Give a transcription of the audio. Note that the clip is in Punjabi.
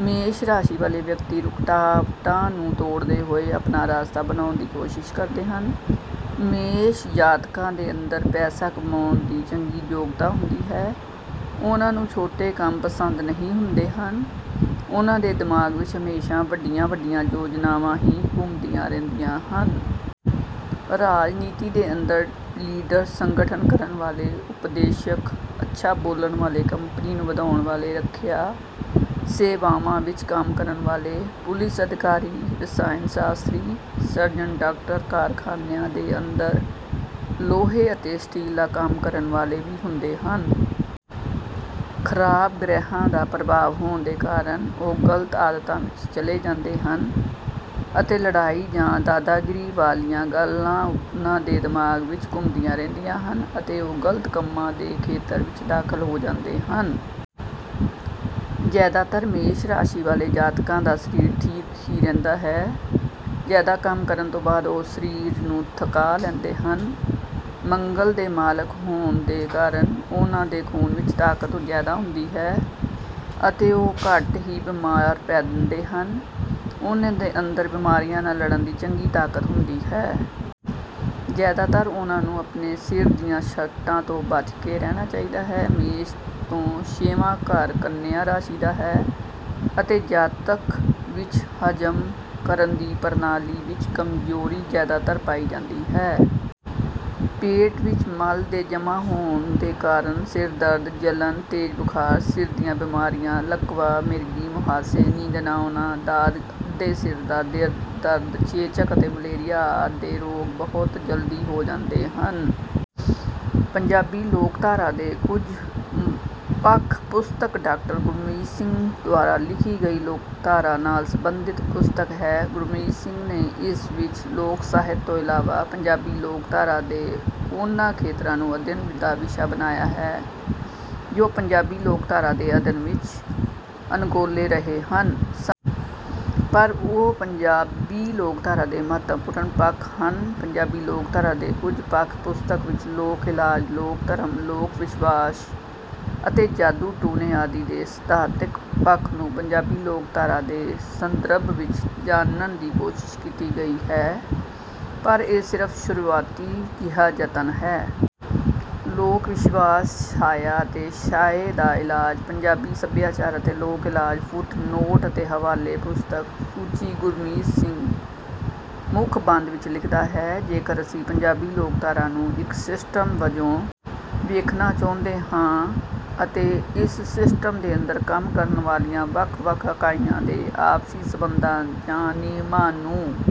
ਮੇਸ਼ ਰਾਸ਼ੀ ਵਾਲੇ ਵਿਅਕਤੀ ਰੁਕਾਵਟਾਂ ਨੂੰ ਤੋੜਦੇ ਹੋਏ ਆਪਣਾ ਰਸਤਾ ਬਣਾਉਣ ਦੀ ਕੋਸ਼ਿਸ਼ ਕਰਦੇ ਹਨ। ਮੇਸ਼ ਜਾਤਕਾਂ ਦੇ ਅੰਦਰ ਪੈਸਾ ਕਮਾਉਣ ਦੀ ਚੰਗੀ ਯੋਗਤਾ ਹੁੰਦੀ ਹੈ ਉਨ੍ਹਾਂ ਨੂੰ ਛੋਟੇ ਕੰਮ ਪਸੰਦ ਨਹੀਂ ਹੁੰਦੇ ਹਨ ਉਨ੍ਹਾਂ ਦੇ ਦਿਮਾਗ ਵਿੱਚ ਹਮੇਸ਼ਾ ਵੱਡੀਆਂ ਵੱਡੀਆਂ ਯੋਜਨਾਵਾਂ ਹੀ ਘੁੰਮਦੀਆਂ ਰਹਿੰਦੀਆਂ ਹਨ। ਰਾਜਨੀਤੀ ਦੇ ਅੰਦਰ ਲੀਡਰ ਸੰਗਠਨ ਕਰਨ ਵਾਲੇ ਉਪਦੇਸ਼ਕ ਅੱਛਾ ਬੋਲਣ ਵਾਲੇ ਕੰਪਨੀ ਨੂੰ ਵਧਾਉਣ ਵਾਲੇ ਰੱਖਿਆ ਸੇਵਾਵਾਂ ਵਿੱਚ ਕੰਮ ਕਰਨ ਵਾਲੇ ਪੁਲਿਸ ਅਧਿਕਾਰੀ ਰਸਾਇਨ ਸ਼ਾਸਤਰੀ ਸਰਜਨ ਡਾਕਟਰ ਕਾਰਖਾਨਿਆਂ ਦੇ ਅੰਦਰ ਲੋਹੇ ਅਤੇ ਸਟੀਲ ਦਾ ਕੰਮ ਕਰਨ ਵਾਲੇ ਵੀ ਹੁੰਦੇ ਹਨ। ਖਰਾਬ ਗ੍ਰਹਿਆਂ ਦਾ ਪ੍ਰਭਾਵ ਹੋਣ ਦੇ ਕਾਰਨ ਉਹ ਗਲਤ ਆਦਤਾਂ ਵਿੱਚ ਚਲੇ ਜਾਂਦੇ ਹਨ ਅਤੇ ਲੜਾਈ ਜਾਂ ਦਾਦਾਗੀਰੀ ਵਾਲੀਆਂ ਗੱਲਾਂ ਉਨ੍ਹਾਂ ਦੇ ਦਿਮਾਗ ਵਿੱਚ ਘੁੰਮਦੀਆਂ ਰਹਿੰਦੀਆਂ ਹਨ ਅਤੇ ਉਹ ਗਲਤ ਕੰਮਾਂ ਦੇ ਖੇਤਰ ਵਿੱਚ ਦਾਖਲ ਹੋ ਜਾਂਦੇ ਹਨ। ਜਿਆਦਾਤਰ ਮੇਸ਼ ਰਾਸ਼ੀ ਵਾਲੇ ਜਾਤਕਾਂ ਦਾ ਸਰੀਰ ਠੀਕ ਹੀ ਰਹਿੰਦਾ ਹੈ ਜਿਆਦਾ ਕੰਮ ਕਰਨ ਤੋਂ ਬਾਅਦ ਉਹ ਸਰੀਰ ਨੂੰ ਥੱਕਾ ਲੈਂਦੇ ਹਨ। ਮੰਗਲ ਦੇ ਮਾਲਕ ਹੋਣ ਦੇ ਕਾਰਨ ਉਨ੍ਹਾਂ ਦੇ ਖੂਨ ਵਿੱਚ ਤਾਕਤ ਜਿਆਦਾ ਹੁੰਦੀ ਹੈ ਅਤੇ ਉਹ ਘੱਟ ਹੀ ਬੀਮਾਰ ਪੈਂਦੇ ਹਨ ਉਨ੍ਹਾਂ ਦੇ ਅੰਦਰ ਬਿਮਾਰੀਆਂ ਨਾਲ ਲੜਨ ਦੀ ਚੰਗੀ ਤਾਕਤ ਹੁੰਦੀ ਹੈ। ਜਿਆਦਾਤਰ ਉਨ੍ਹਾਂ ਨੂੰ ਆਪਣੇ ਸਿਰ ਦੀਆਂ ਸੱਟਾਂ ਤੋਂ ਬਚ ਕੇ ਰਹਿਣਾ ਚਾਹੀਦਾ ਹੈ। ਮੇਸ਼ ਤੋਂ ਛੇਵਾਂ ਘਰ ਕੰਨਿਆ ਰਾਸ਼ੀ ਦਾ ਹੈ ਅਤੇ ਜਾਤਕ ਵਿੱਚ ਹਜ਼ਮ ਕਰਨ ਦੀ ਪ੍ਰਣਾਲੀ ਵਿੱਚ ਕਮਜ਼ੋਰੀ ਜਿਆਦਾਤਰ ਪਾਈ ਜਾਂਦੀ ਹੈ। ਪੇਟ ਵਿੱਚ ਮਲ ਦੇ ਜਮ੍ਹਾਂ ਹੋਣ ਦੇ ਕਾਰਨ ਸਿਰਦਰਦ ਜਲਨ ਤੇਜ਼ ਬੁਖਾਰ ਸਿਰ ਦੀਆਂ ਬੀਮਾਰੀਆਂ ਲਕਵਾ ਮਿਰਗੀ ਮੁਹਾਸੇ ਨੀਂਦ ਨਾ ਆਉਣਾ ਦਾਦ ਅੱਧੇ ਸਿਰ ਦਾ ਦਰਦ ਚੇਚਕ ਅਤੇ ਮਲੇਰੀਆ ਆਦਿ ਦੇ ਰੋਗ ਬਹੁਤ ਜਲਦੀ ਹੋ ਜਾਂਦੇ ਹਨ। ਪੰਜਾਬੀ ਲੋਕਧਾਰਾ ਦੇ ਕੁਝ ਪੱਖ ਪੁਸਤਕ ਡਾਕਟਰ ਗੁਰਮੀਤ ਸਿੰਘ ਦੁਆਰਾ ਲਿਖੀ ਗਈ ਲੋਕਧਾਰਾ ਨਾਲ ਸਬੰਧਿਤ ਪੁਸਤਕ ਹੈ। ਗੁਰਮੀਤ ਸਿੰਘ ਨੇ ਇਸ ਵਿੱਚ ਲੋਕ ਸਾਹਿਤ ਤੋਂ ਇਲਾਵਾ ਪੰਜਾਬੀ ਲੋਕਧਾਰਾ ਦੇ ਉਨ੍ਹਾਂ ਖੇਤਰਾਂ ਨੂੰ ਅਧਿਐਨ ਦਾ ਵਿਸ਼ਾ ਬਣਾਇਆ ਹੈ ਜੋ ਪੰਜਾਬੀ ਲੋਕਧਾਰਾ ਦੇ ਅਧਿਐਨ ਵਿੱਚ ਅਣਗੌਲੇ ਰਹੇ ਸਨ। ਪਰ ਉਹ ਪੰਜਾਬੀ ਲੋਕਧਾਰਾ ਦੇ ਮਹੱਤਵਪੂਰਨ ਪੱਖ ਹਨ। ਪੰਜਾਬੀ ਲੋਕਧਾਰਾ ਦੇ ਕੁਝ ਪੱਖ ਪੁਸਤਕ ਵਿੱਚ ਲੋਕ ਇਲਾਜ ਲੋਕ ਧਰਮ ਲੋਕ ਵਿਸ਼ਵਾਸ ਅਤੇ ਜਾਦੂ ਟੂਣੇ ਆਦਿ ਦੇ ਸਿਧਾਂਤਕ ਪੱਖ ਨੂੰ ਪੰਜਾਬੀ ਲੋਕਧਾਰਾ ਦੇ ਸੰਦਰਭ ਵਿੱਚ ਜਾਣਨ ਦੀ ਕੋਸ਼ਿਸ਼ ਕੀਤੀ ਗਈ ਹੈ ਪਰ ਇਹ ਸਿਰਫ ਸ਼ੁਰੂਆਤੀ ਜਿਹਾ ਯਤਨ ਹੈ। ਲੋਕ ਵਿਸ਼ਵਾਸ ਸਾਇਆ ਅਤੇ ਸਾਏ ਦਾ ਇਲਾਜ ਪੰਜਾਬੀ ਸਭਿਆਚਾਰ ਅਤੇ ਲੋਕ ਇਲਾਜ ਫੁੱਟ ਨੋਟ ਅਤੇ ਹਵਾਲੇ ਪੁਸਤਕ ਸੂਚੀ ਗੁਰਮੀਤ ਸਿੰਘ ਮੁੱਖ ਬੰਦ ਵਿੱਚ ਲਿਖਦਾ ਹੈ ਜੇਕਰ ਅਸੀਂ ਪੰਜਾਬੀ ਲੋਕਧਾਰਾ ਨੂੰ ਇੱਕ ਸਿਸਟਮ ਵਜੋਂ ਵੇਖਣਾ ਚਾਹੁੰਦੇ ਹਾਂ ਅਤੇ ਇਸ ਸਿਸਟਮ ਦੇ ਅੰਦਰ ਕੰਮ ਕਰਨ ਵਾਲੀਆਂ ਵੱਖ ਵੱਖ ਇਕਾਈਆਂ ਦੇ ਆਪਸੀ ਸਬੰਧਾਂ ਜਾਂ ਨਿਯਮ ਨੂੰ